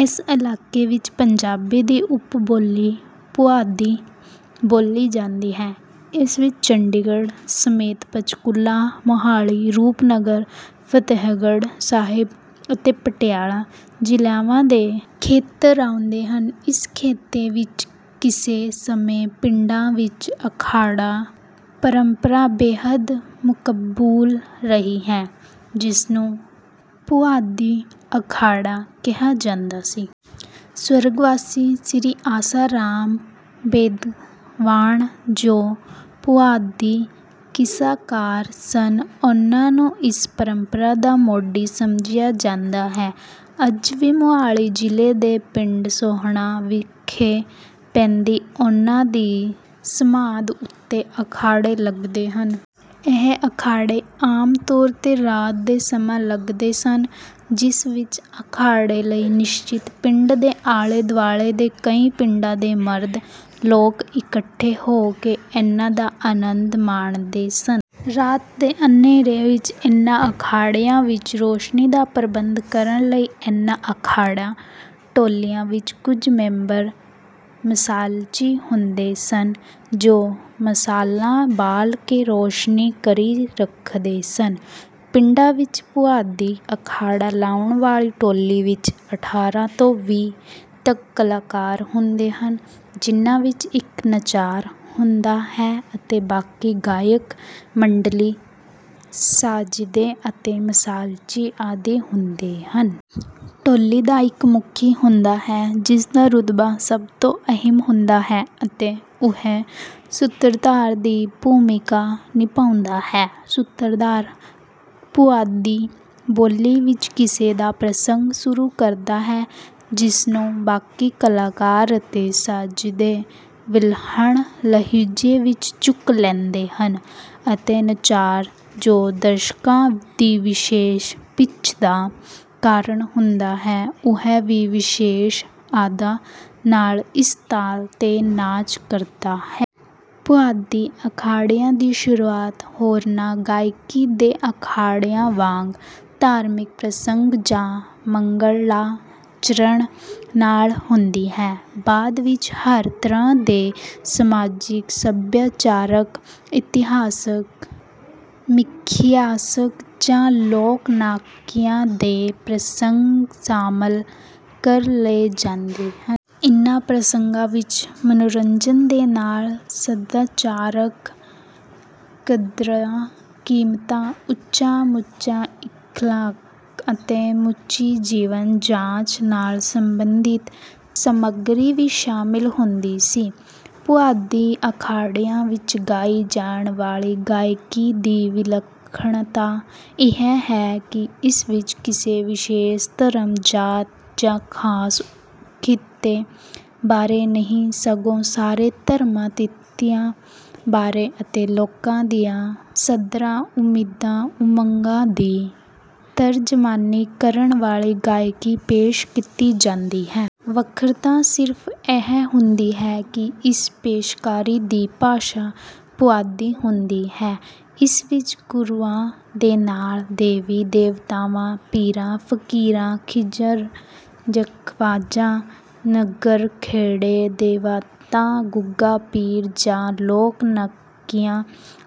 ਇਸ ਇਲਾਕੇ ਵਿੱਚ ਪੰਜਾਬੀ ਦੀ ਉੱਪ ਬੋਲੀ ਪੁਆਧੀ ਬੋਲੀ ਜਾਂਦੀ ਹੈ। ਇਸ ਵਿੱਚ ਚੰਡੀਗੜ੍ਹ ਸਮੇਤ ਪੰਚਕੁਲਾ ਮੋਹਾਲੀ ਰੂਪਨਗਰ ਫਤਿਹਗੜ੍ਹ ਸਾਹਿਬ ਅਤੇ ਪਟਿਆਲਾ ਜ਼ਿਲ੍ਹਿਆਂ ਦੇ ਖੇਤਰ ਆਉਂਦੇ ਹਨ। ਇਸ ਖਿੱਤੇ ਵਿੱਚ ਕਿਸੇ ਸਮੇਂ ਪਿੰਡਾਂ ਵਿੱਚ ਅਖਾੜਾ ਪਰੰਪਰਾ ਬੇਹੱਦ ਮਕਬੂਲ ਰਹੀ ਹੈ ਜਿਸਨੂੰ ਪੁਆਧੀ ਅਖਾੜਾ ਕਿਹਾ ਜਾਂਦਾ ਸੀ। ਸਵਰਗਵਾਸੀ ਸ੍ਰੀ ਆਸਾ ਰਾਮ ਬੈਦਵਾਣ ਜੋ ਪੁਆਧੀ ਕਿੱਸਾਕਾਰ ਸਨ ਉਨ੍ਹਾਂ ਨੂੰ ਇਸ ਪਰੰਪਰਾ ਦਾ ਮੋਢੀ ਸਮਝਿਆ ਜਾਂਦਾ ਹੈ। ਅੱਜ ਵੀ ਮੋਹਾਲੀ ਜ਼ਿਲ੍ਹੇ ਦੇ ਪਿੰਡ ਸੋਹਣਾ ਵਿਖੇ ਪੈਂਦੀ ਉਨ੍ਹਾਂ ਦੀ ਸਮਾਧ ਉੱਤੇ ਅਖਾੜੇ ਲਗਦੇ ਹਨ। ਇਹ ਅਖਾੜੇ ਆਮ ਤੌਰ ਤੇ ਰਾਤ ਦੇ ਸਮੇਂ ਲਗਦੇ ਸਨ ਜਿਸ ਵਿੱਚ ਅਖਾੜੇ ਲਈ ਨਿਸ਼ਚਿਤ ਪਿੰਡ ਦੇ ਆਲੇ ਦੁਆਲੇ ਦੇ ਕਈ ਪਿੰਡਾਂ ਦੇ ਮਰਦ ਲੋਕ ਇਕੱਠੇ ਹੋ ਕੇ ਇਹਨਾਂ ਦਾ ਆਨੰਦ ਮਾਣਦੇ ਸਨ। ਰਾਤ ਦੇ ਹਨੇਰੇ ਵਿੱਚ ਇਹਨਾਂ ਅਖਾੜਿਆਂ ਵਿੱਚ ਰੌਸ਼ਨੀ ਦਾ ਪ੍ਰਬੰਧ ਕਰਨ ਲਈ ਇਹਨਾਂ ਅਖਾੜਾ ਟੋਲੀਆਂ ਵਿੱਚ ਕੁਝ ਮੈਂਬਰ ਮਸ਼ਾਲਚੀ ਹੁੰਦੇ ਸਨ ਜੋ ਮਸ਼ਾਲਾਂ ਬਾਲ ਕੇ ਰੌਸ਼ਨੀ ਕਰੀ ਰੱਖਦੇ ਸਨ। ਪਿੰਡਾਂ ਵਿੱਚ ਪੁਆਧੀ ਅਖਾੜਾ ਲਾਉਣ ਵਾਲੀ ਟੋਲੀ ਵਿੱਚ ਅਠਾਰਾਂ ਤੋਂ ਵੀਹ ਤੱਕ ਕਲਾਕਾਰ ਹੁੰਦੇ ਹਨ ਜਿਨ੍ਹਾਂ ਵਿੱਚ ਇੱਕ ਨਚਾਰ ਹੁੰਦਾ ਹੈ ਅਤੇ ਬਾਕੀ ਗਾਇਕ ਮੰਡਲੀ ਸਾਜ਼ਿੰਦੇ ਅਤੇ ਮਸ਼ਾਲਚੀ ਆਦਿ ਹੁੰਦੇ ਹਨ। ਟੋਲੀ ਦਾ ਇੱਕ ਮੁਖੀ ਹੁੰਦਾ ਹੈ ਜਿਸ ਦਾ ਰੁਤਬਾ ਸਭ ਤੋਂ ਅਹਿਮ ਹੁੰਦਾ ਹੈ ਅਤੇ ਉਹ ਸੂਤਰਧਾਰ ਦੀ ਭੂਮਿਕਾ ਨਿਭਾਉਂਦਾ ਹੈ। ਸੂਤਰਧਾਰ ਪੁਆਧੀ ਬੋਲੀ ਵਿੱਚ ਕਿੱਸੇ ਦਾ ਪ੍ਰਸੰਗ ਸ਼ੁਰੂ ਕਰਦਾ ਹੈ ਜਿਸਨੂੰ ਬਾਕੀ ਕਲਾਕਾਰ ਅਤੇ ਸਾਜ਼ਿੰਦੇ ਵਿਲੱਖਣ ਲਹਿਜੇ ਵਿੱਚ ਚੁੱਕ ਲੈਂਦੇ ਹਨ ਅਤੇ ਨਚਾਰ ਜੋ ਦਰਸ਼ਕਾਂ ਦੀ ਵਿਸ਼ੇਸ਼ ਖਿੱਚ ਦਾ ਕਾਰਨ ਹੁੰਦਾ ਹੈ ਉਹ ਵੀ ਵਿਸ਼ੇਸ਼ ਅਦਾ ਨਾਲ ਇਸ ਤਾਲ ਤੇ ਨਾਚ ਕਰਦਾ ਹੈ। ਪੁਆਧੀ ਅਖਾੜਿਆਂ ਦੀ ਸ਼ੁਰੂਆਤ ਹੋਰਨਾਂ ਗਾਇਕੀ ਦੇ ਅਖਾੜਿਆਂ ਵਾਂਗ ਧਾਰਮਿਕ ਪ੍ਰਸੰਗ ਜਾਂ ਮੰਗਲਾਚਰਣ ਨਾਲ ਹੁੰਦੀ ਹੈ। ਬਾਅਦ ਵਿੱਚ ਹਰ ਤਰ੍ਹਾਂ ਦੇ ਸਮਾਜਿਕ ਸਭਿਆਚਾਰਕ ਇਤਿਹਾਸਕ ਮਿਥਿਹਾਸਕ ਜਾਂ ਲੋਕ ਨਾਇਕਾਂ ਦੇ ਪ੍ਰਸੰਗ ਸ਼ਾਮਲ ਕਰ ਲਏ ਜਾਂਦੇ ਹਨ। ਇਹਨਾਂ ਪ੍ਰਸੰਗਾਂ ਵਿੱਚ ਮਨੋਰੰਜਨ ਦੇ ਨਾਲ ਸਦਾਚਾਰਕ ਕਦਰਾਂ ਕੀਮਤਾਂ ਉੱਚਾ ਸੁੱਚਾ ਇਖਲਾਕ ਅਤੇ ਸੁੱਚੀ ਜੀਵਨ ਜਾਚ ਨਾਲ ਸੰਬੰਧਿਤ ਸਮੱਗਰੀ ਵੀ ਸ਼ਾਮਲ ਹੁੰਦੀ ਸੀ। ਪੁਆਧੀ ਅਖਾੜਿਆਂ ਵਿੱਚ ਗਾਈ ਜਾਣ ਵਾਲੀ ਗਾਇਕੀ ਦੀ ਵਿਲੱਖਣਤਾ ਇਹ ਹੈ ਕਿ ਇਸ ਵਿੱਚ ਕਿਸੇ ਵਿਸ਼ੇਸ਼ ਧਰਮ ਜਾਤ ਜਾਂ ਖਾਸ ਖਿੱਤੇ ਬਾਰੇ ਨਹੀਂ ਸਗੋਂ ਸਾਰੇ ਧਰਮਾਂ ਖਿੱਤਿਆਂ ਬਾਰੇ ਅਤੇ ਲੋਕਾਂ ਦੀਆਂ ਸੱਧਰਾਂ ਉਮੀਦਾਂ ਉਮੰਗਾਂ ਦੀ ਤਰਜਮਾਨੀ ਕਰਨ ਵਾਲੀ ਗਾਇਕੀ ਪੇਸ਼ ਕੀਤੀ ਜਾਂਦੀ ਹੈ। ਵੱਖਰਤਾ ਸਿਰਫ ਇਹ ਹੁੰਦੀ ਹੈ ਕਿ ਇਸ ਪੇਸ਼ਕਾਰੀ ਦੀ ਭਾਸ਼ਾ ਪੁਆਧੀ ਹੁੰਦੀ ਹੈ। ਇਸ ਵਿੱਚ ਗੁਰੂਆਂ ਦੇ ਨਾਲ ਦੇਵੀ ਦੇਵਤਿਆਂ ਪੀਰਾਂ ਫਕੀਰਾਂ ਖਿਜ਼ਰ ਖਵਾਜਾ ਨਗਰ ਖੇੜੇ ਦੇਵਤਾ ਗੁੱਗਾ ਪੀਰ ਜਾਂ ਲੋਕ ਨਾਇਕਾਂ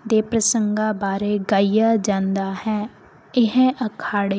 ਦੇ ਪ੍ਰਸੰਗਾਂ ਬਾਰੇ ਗਾਇਆ ਜਾਂਦਾ ਹੈ। ਇਹ ਅਖਾੜੇ